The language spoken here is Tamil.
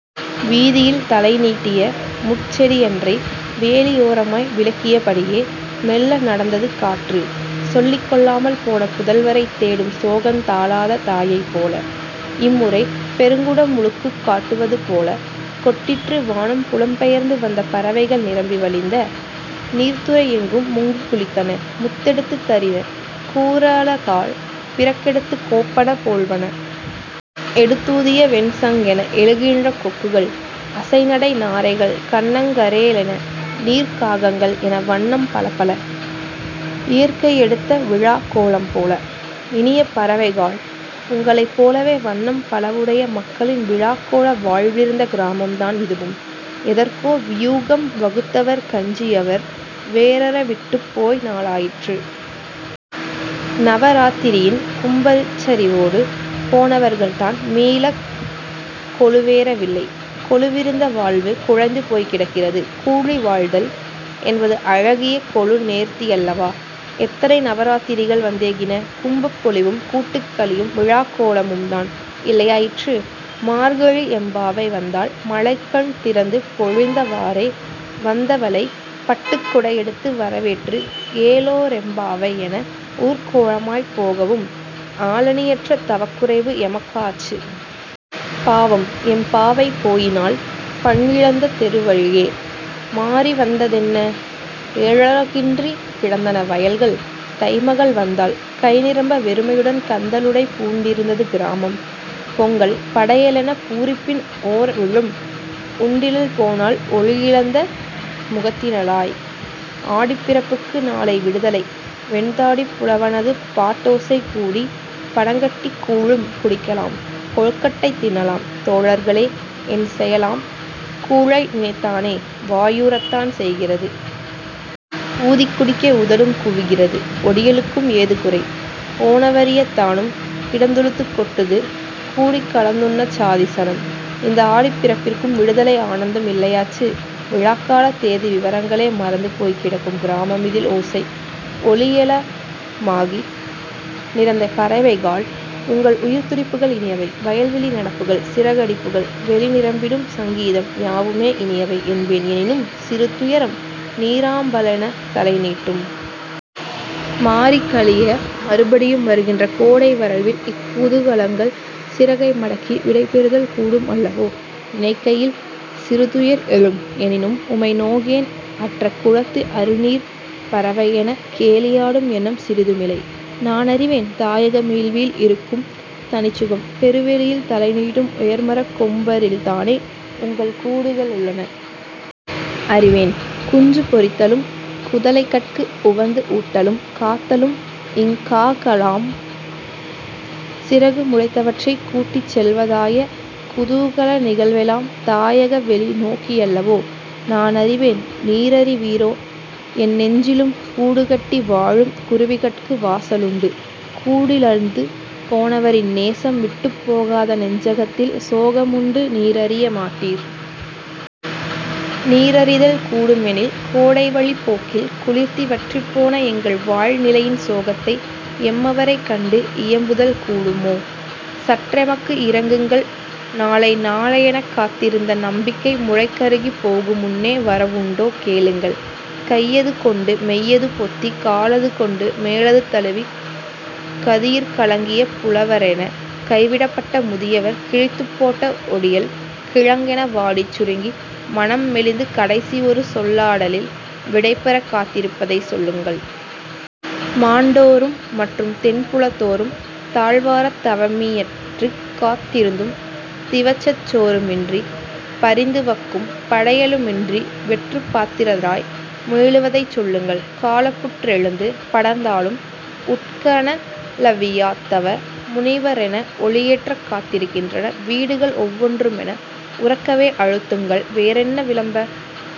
வீதியில் தலைநீட்டிய முட்செடியன்றை வேலியோரமாய் விலக்கியபடியே। மெல்ல நடந்தது காற்று சொல்லிக் கொள்ளாமல் போன புதல்வரைத் தேடும் சோகந் தாளாத தாயைப் போல. இம்முறை பெருங்குடமுழுக்குக் காட்டுவது போல கொட்டிற்று வானம் புலம் பெயர்ந்து வந்த பறவைகள் நிரம்பி வழிந்த நீர்த்துறையெங்கும் முங்கிக் குளித்தன; முத்தெடுத்துதறின கூரலகால் பிறகெடுத்துக் கோப்பன போல்வன. எடுத்தூதிய வெண்சங்கென எழுகின்ற கொக்குகள் அசை நடை நாரைகள், கன்னங்கரேலென நீர்க்காகங்கள் என வண்ணம் பலப்பல- இயற்கையெடுத்த விழாக் கோலம் போல. இனிய பறவைகாள் உங்களைப் போலவே வண்ணம் பலவுடைய மக்களின் விழாக் கோல வாழ்விருந்த கிராமம்தான் இதுவும். எதற்கோ வியூகம் வகுத்தவர்க்கஞ்சியவர் வேரற விட்டுப் போய் நாளாயிற்று. நவராத்திரியின் கும்பச்சரிவோடு போனவர்கள்தான் மீளக் கொலுவேறவில்லை கொலுவிருந்த வாழ்வு குலைந்து போய்க் கிடக்கிறது. கூடி வாழ்தல் என்பது அழகிய கொலுநேர்த்தியல்லவா? எத்தனை நவராத்திரிகள் வந்தேகின. கும்பப் பொலிவும், கூட்டுக்களியும், விழாக் கோலமும்தான் இல்லையாயிற்று. மார்கழி எம்பாவை வந்தாள் மழைக்கண் திறந்து பொழிந்தவாறே. வந்தவளை பட்டுக் குடையெடுத்து வரவேற்று "ஏலோரெம்பாவாய்"என ஊர்கோலமாய்ப் போகவும் ஆளணியற்ற தவக்குறைவு எமக்காச்சு. பாவம் எம் பாவை போயினாள் பண்ணிழந்த தெருவழியே. மாரி வந்ததென்ன? ஏரழகின்றிக் கிடந்தன வயல்கள் தை மகள் வந்தாள். கைநிரம்ப வெறுமையுடன் கந்தலுடை பூண்டிருந்தது கிராமம். பொங்கல், படையலென பூரிப்பின் ஓரவிழும் உண்டிலள் போனாள் ஒளியிழந்த முகத்தினளாய். "ஆடிப்பிறப்புக்கு நாளை விடுதலை" வெண்தாடிப் புலவனது பாட்டோசை "கூடிப் பனங்கட்டிக் கூழும் குடிக்கலாம் கொழுக்கட்டை தின்னலாம் தோழர்களே" என் செயலாம் கூழை நினைத்தானே வாயூறத்தான் செய்கிறது. ஊதிக் குடிக்க உதடும் குவிகிறது. ஒடியலுக்கும் ஏது குறை? போனவரியத்தானும் கிடந்துளுத்துக் கொட்டுது. கூடிக்கலந்துண்ணச் சாதிசனம்? இந்த ஆடிப் பிறப்பிற்கும் விடுதலை ஆனந்தம் இல்லையாச்சு. விழாக்காலத் தேதி விவரங்களே மறந்து போய்க் கிடக்கும் கிராமமிதில் ஓசை, ஒலியெலாமாகி நிறைந்த பறவைகாள் உங்கள் உயிர்த்துடிப்புகள் இனியவை. வயல்வெளி நடப்புகள், சிறகடிப்புகள், வெளிநிரம்பிடும் சங்கீதம், யாவுமே இனியவை என்பேன் எனினும் சிறு துயரம் நீராம்பலெனத் தலைநீட்டும். மாரிகழிய மறுபடியும் வருகின்ற கோடை வறள்வில் இக் குதூகலங்கள் சிறகை மடக்கி விடைபெறுதல் கூடும் அல்லவோ, நினைகையில் சிறுதுயர் எழும் எனினும் உமை நோகேன் அற்ற குளத்து அறுநீர்ப்பறவையென கேலியாடும் எண்ணம் சிறிதுமிலை. நானறிவேன் தாயக மீள்வில் இருக்கும் தனிச்சுகம். பெரு வெளியில் தலைநீட்டும் உயர்மரக் கொம்பரில்தானே உங்கள் கூடுகள் உள்ளன. அறிவேன் குஞ்சு பொரித்தலும், குதலைகட்கு உவந்து ஊட்டலும், காத்தலும், இங்காகலாம் சிறகு முளைத்தவற்றை கூட்டிச்செல்வதாய குதூகல நிகழ்வெலாம் தாயக வெளிநோக்கியல்லவோ நானறிவேன் நீரறிவீரோ என் நெஞ்சிலும் கூடு கட்டி வாழும் குருவிகட்கு வாசலுண்டு கூடிழந்து போனவரின் நேசம் விட்டுப் போகாத நெஞ்சகத்தில் சோகமுண்டு நீரறிய மாட்டீர். நீரறிதல் கூடுமெனில் கோடைவழிப் போக்கில் குளிர்த்தி வற்றிப்போன எங்கள் வாழ்நிலையின் சோகத்தை எம்மவரைக் கண்டு இயம்புதல் கூடுமோ? சற்றெமக்கு இரங்குங்கள் நாளை நாளையெனக் காத்திருந்த நம்பிக்கை முளைகருகிப் போகுமுன்னே வரவுண்டோ கேளுங்கள். "கையது கொண்டு மெய்யது பொத்தி காலது கொண்டு மேலது தழுவிக்" கதியிற் கலங்கிய புலவரென கைவிடப்பட்ட முதியவர் கிழித்துப் போட்ட ஒடியல் கிழங்கென வாடிச் சுருங்கி மனம் மெலிந்து கடைசி ஒரு சொல்லாடலில் விடைபெறக் காத்திருப்பதை சொல்லுங்கள். மாண்டோரும் மற்றும் தென்புலத்தோரும் தாழ்வாரத் தவமியற்றிக் காத்திருந்தும் திவசச் சோறுமின்றி, பரிந்துவக்கும் படையலுமின்றி வெற்றுப் பாத்திரராய் மீளுவதைச் சொல்லுங்கள் காலப்புற்றெழுந்து படர்ந்தாலும் உட்கனலவியாத் தவ முனிவரென ஒளியேற்றக் காத்திருக்கின்றன வீடுகள் ஒவ்வொன்றுமென உரக்கவே அழுத்துங்கள். வேறென்ன விளம்ப